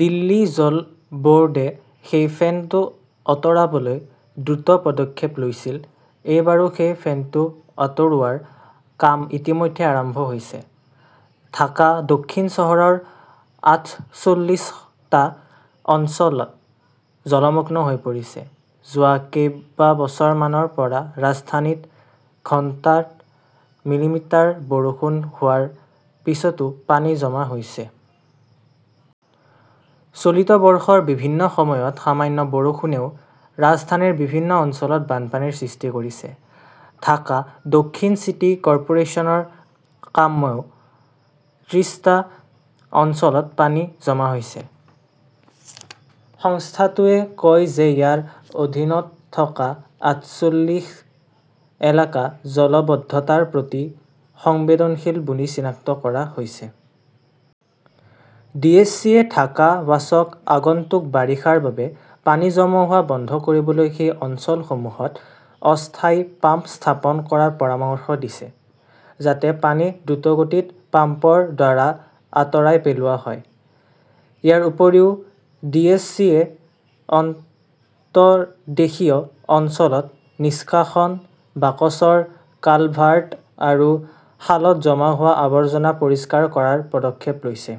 দিল্লী জল বোৰ্ডে সেই ফেনটো অতৰাবলৈ দ্ৰুত পদক্ষেপ লৈছিল। এইবাৰো সেই ফেনটো অতৰোৱাৰ কাম ইতিমধ্যে আৰম্ভ হৈছে। ঢাকা দক্ষিণ চহৰৰ আঠচল্লিশটা অঞ্চল জলমগ্ন হৈ পৰিছে। যোৱা কেইবাবছৰমানৰ পৰা ৰাজধানীত ঘণ্টাত মিলিমিটাৰ বৰষুণ হোৱাৰ পিছতো পানী জমা হৈছে। চলিত বৰ্ষৰ বিভিন্ন সময়ত সামান্য বৰষুণেও ৰাজধানীৰ বিভিন্ন অঞ্চলত বানপানীৰ সৃষ্টি কৰিছে। ঢাকা দক্ষিণ চিটি কৰ্পোৰেচনৰ কামেও ত্ৰিশটা অঞ্চলত পানী জমা হৈছে। সংস্থাটোৱে কয় যে ইয়াৰ অধীনত থকা আঠচল্লিশ এলেকা জলবদ্ধতাৰ প্ৰতি সংবেদনশীল বুলি চিনাক্ত কৰা হৈছে। ডি এছ চি চিয়ে ঢাকা ৱাছাক আগন্তুক বাৰিষাৰ বাবে পানী জমা হোৱা বন্ধ কৰিবলৈ সেই অঞ্চলসমূহত অস্থায়ী পাম্প স্থাপন কৰাৰ পৰামৰ্শ দিছে, যাতে পানী দ্ৰুতগতিত পাম্পৰ দ্বাৰা আঁতৰাই পেলোৱা হয়। ইয়াৰ উপৰিও, ডি এছ চি চিয়ে অন্তৰ্দেশীয় অঞ্চলত নিষ্কাশন, বাকচৰ কালভাৰ্ট আৰু খালত জমা হোৱা আৱৰ্জনা পৰিষ্কাৰ কৰাৰ পদক্ষেপ লৈছে।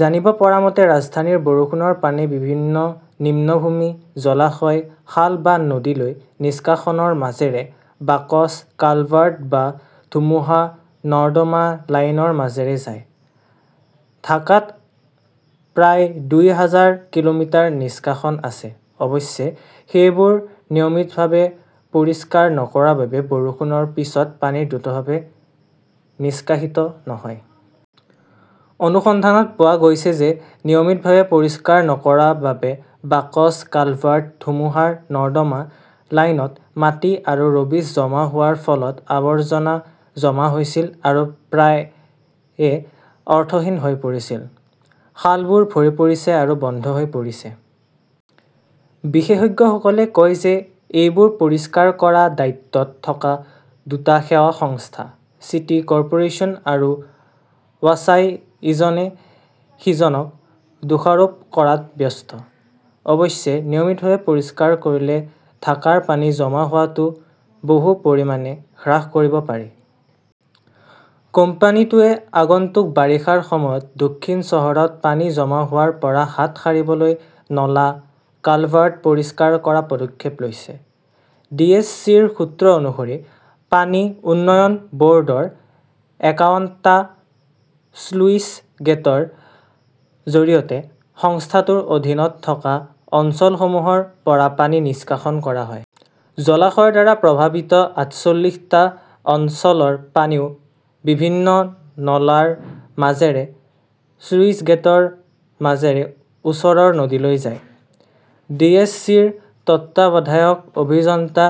জানিব পৰা মতে, ৰাজধানীৰ বৰষুণৰ পানী বিভিন্ন নিম্নভূমি, জলাশয়, খাল বা নদীলৈ নিষ্কাশনৰ মাজেৰে, বাকচ কালভাৰ্ট বা ধুমুহাৰ নৰ্দমা লাইনৰ মাজেৰে যায়। ঢাকাত প্ৰায় দুই হাজাৰ কিলোমিটাৰ নিষ্কাশন আছে। অৱশ্যে, সেইবোৰ নিয়মিতভাৱে পৰিষ্কাৰ নকৰাৰ বাবে বৰষুণৰ পিছত পানী দ্ৰুতভাৱে নিষ্কাশিত নহয়। অনুসন্ধানত পোৱা গৈছে যে নিয়মিতভাৱে পৰিষ্কাৰ নকৰাৰ বাবে বাকচ কালভাৰ্ট, ধুমুহাৰ নৰ্দমা লাইনত মাটি আৰু ৰবিছ জমা হোৱাৰ ফলত আৱৰ্জনা জমা হৈছিল আৰু প্ৰায়ে অৰ্থহীন হৈ পৰিছিল। খালবোৰ ভৰি পৰিছে আৰু বন্ধ হৈ পৰিছে। বিশেষজ্ঞসকলে কয় যে এইবোৰ পৰিষ্কাৰ কৰাৰ দায়িত্বত থকা দুটা সেৱা সংস্থা, চিটি কৰ্পোৰেচন আৰু ৱাছাই ইজনে সিজনক দোষাৰোপ কৰাত ব্যস্ত। অৱশ্যে, নিয়মিতভাৱে পৰিষ্কাৰ কৰিলে ঢাকাৰ পানী জমা হোৱাটো বহু পৰিমাণে হ্ৰাস কৰিব পাৰি। কোম্পানীটোৱে আগন্তুক বাৰিষাৰ সময়ত দক্ষিণ চহৰত পানী জমা হোৱাৰ পৰা হাত সাৰিবলৈ নলা, কালভাৰ্ট পৰিষ্কাৰ কৰাৰ পদক্ষেপ লৈছে। ডি এছ চি চিৰ সূত্ৰ অনুসৰি, পানী উন্নয়ন ব'ৰ্ডৰ একাৱনটা স্লুইচ গেটৰ জৰিয়তে সংস্থাটোৰ অধীনত থকা অঞ্চলসমূহৰ পৰা পানী নিষ্কাশন কৰা হয়। জলাশয়ৰ দ্বাৰা প্ৰভাৱিত আঠচল্লিশটা অঞ্চলৰ পানীও বিভিন্ন নলাৰ মাজেৰে স্লুইচ গেটৰ মাজেৰে ওচৰৰ নদীলৈ যায়। ডি এছ চি চিৰ তত্ত্বাৱধায়ক অভিযন্তা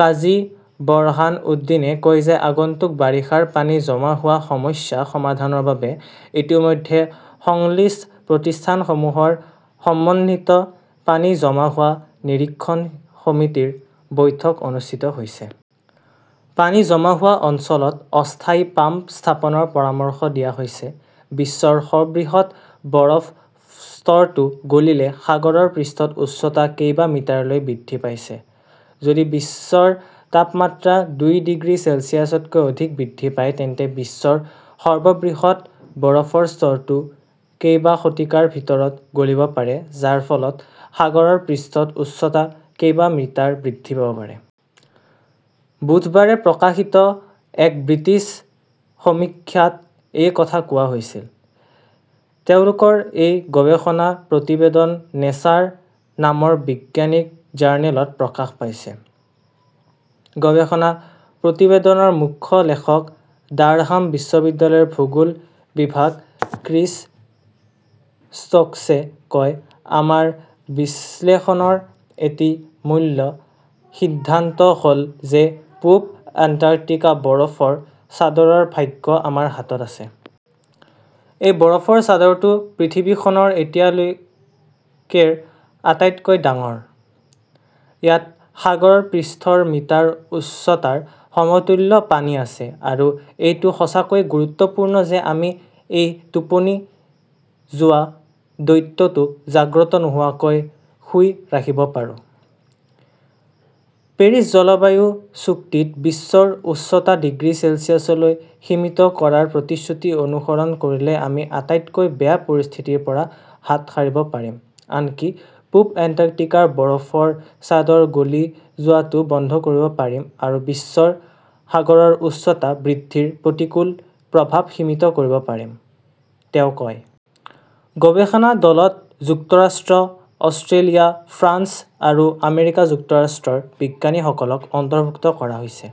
কাজী বৰহান উদ্দীনে কয় যে আগন্তুক বাৰিষাৰ পানী জমা হোৱাৰ সমস্যা সমাধানৰ বাবে ইতিমধ্যে সংশ্লিষ্ট প্ৰতিষ্ঠানসমূহৰ সমন্বিত পানী জমা হোৱাৰ নিৰীক্ষণ সমিতিৰ বৈঠক অনুষ্ঠিত হৈছে। পানী জমা হোৱা অঞ্চলত অস্থায়ী পাম্প স্থাপনৰ পৰামৰ্শ দিয়া হৈছে। বিশ্বৰ সৰ্ববৃহৎ বৰফৰ স্তৰটো গলিলে সাগৰৰ পৃষ্ঠৰ উচ্চতা কেইবা মিটাৰলৈ বৃদ্ধি পাইছে। যদি বিশ্বৰ তাপমাত্ৰা দুই ডিগ্ৰী চেলছিয়াছতকৈ অধিক বৃদ্ধি পায়, তেন্তে বিশ্বৰ সৰ্ববৃহৎ বৰফৰ স্তৰটো কেইবা শতিকাৰ ভিতৰত গলিব পাৰে, যাৰ ফলত সাগৰৰ পৃষ্ঠৰ উচ্চতা কেইবা মিটাৰ বৃদ্ধি পাব পাৰে। বুধবাৰে প্ৰকাশিত এক ব্ৰিটিছ সমীক্ষাত এই কথা কোৱা হৈছিল। তেওঁলোকৰ এই গৱেষণা প্ৰতিবেদন নেচাৰ নামৰ বৈজ্ঞানিক জাৰ্নেলত প্ৰকাশ পাইছে। গৱেষণা প্ৰতিবেদনৰ মুখ্য লেখক ডাৰহাম বিশ্ববিদ্যালয়ৰ ভূগোল বিভাগৰ ক্ৰিছ ষ্টোক্সে কয়, আমাৰ বিশ্লেষণৰ এটা মূল সিদ্ধান্ত হ'ল যে পূব এণ্টাৰ্কটিকা বৰফৰ চাদৰৰ ভাগ্য আমাৰ হাতত আছে। এই বৰফৰ চাদৰটো পৃথিৱীখনৰ এতিয়ালৈকেৰ আটাইতকৈ ডাঙৰ। ইয়াত সাগৰৰ পৃষ্ঠৰ মিটাৰ উচ্চতাৰ সমতুল্য পানী আছে, আৰু এইটো সঁচাকৈয়ে গুৰুত্বপূৰ্ণ যে আমি এই টোপনি যোৱা দৈত্যটোক জাগ্ৰত নোহোৱাকৈ শুই ৰাখিব পাৰোঁ। পেৰিছ জলবায়ু চুক্তিত বিশ্বৰ উষ্ণতা ডিগ্ৰী চেলছিয়াছলৈ সীমিত কৰাৰ প্ৰতিশ্ৰুতি অনুসৰণ কৰিলে আমি আটাইতকৈ বেয়া পৰিস্থিতিৰ পৰা হাত সাৰিব পাৰিম, আনকি পূব এণ্টাৰ্কটিকাৰ বৰফৰ চাদৰ গলি যোৱাটো বন্ধ কৰিব পাৰিম আৰু বিশ্বৰ সাগৰৰ উচ্চতা বৃদ্ধিৰ প্ৰতিকূল প্ৰভাৱ সীমিত কৰিব পাৰিম, তেওঁ কয়। গৱেষণা দলত যুক্তৰাষ্ট্ৰ, অষ্ট্ৰেলিয়া, ফ্ৰান্স আৰু আমেৰিকা যুক্তৰাষ্ট্ৰৰ বিজ্ঞানীসকলক অন্তৰ্ভুক্ত কৰা হৈছে।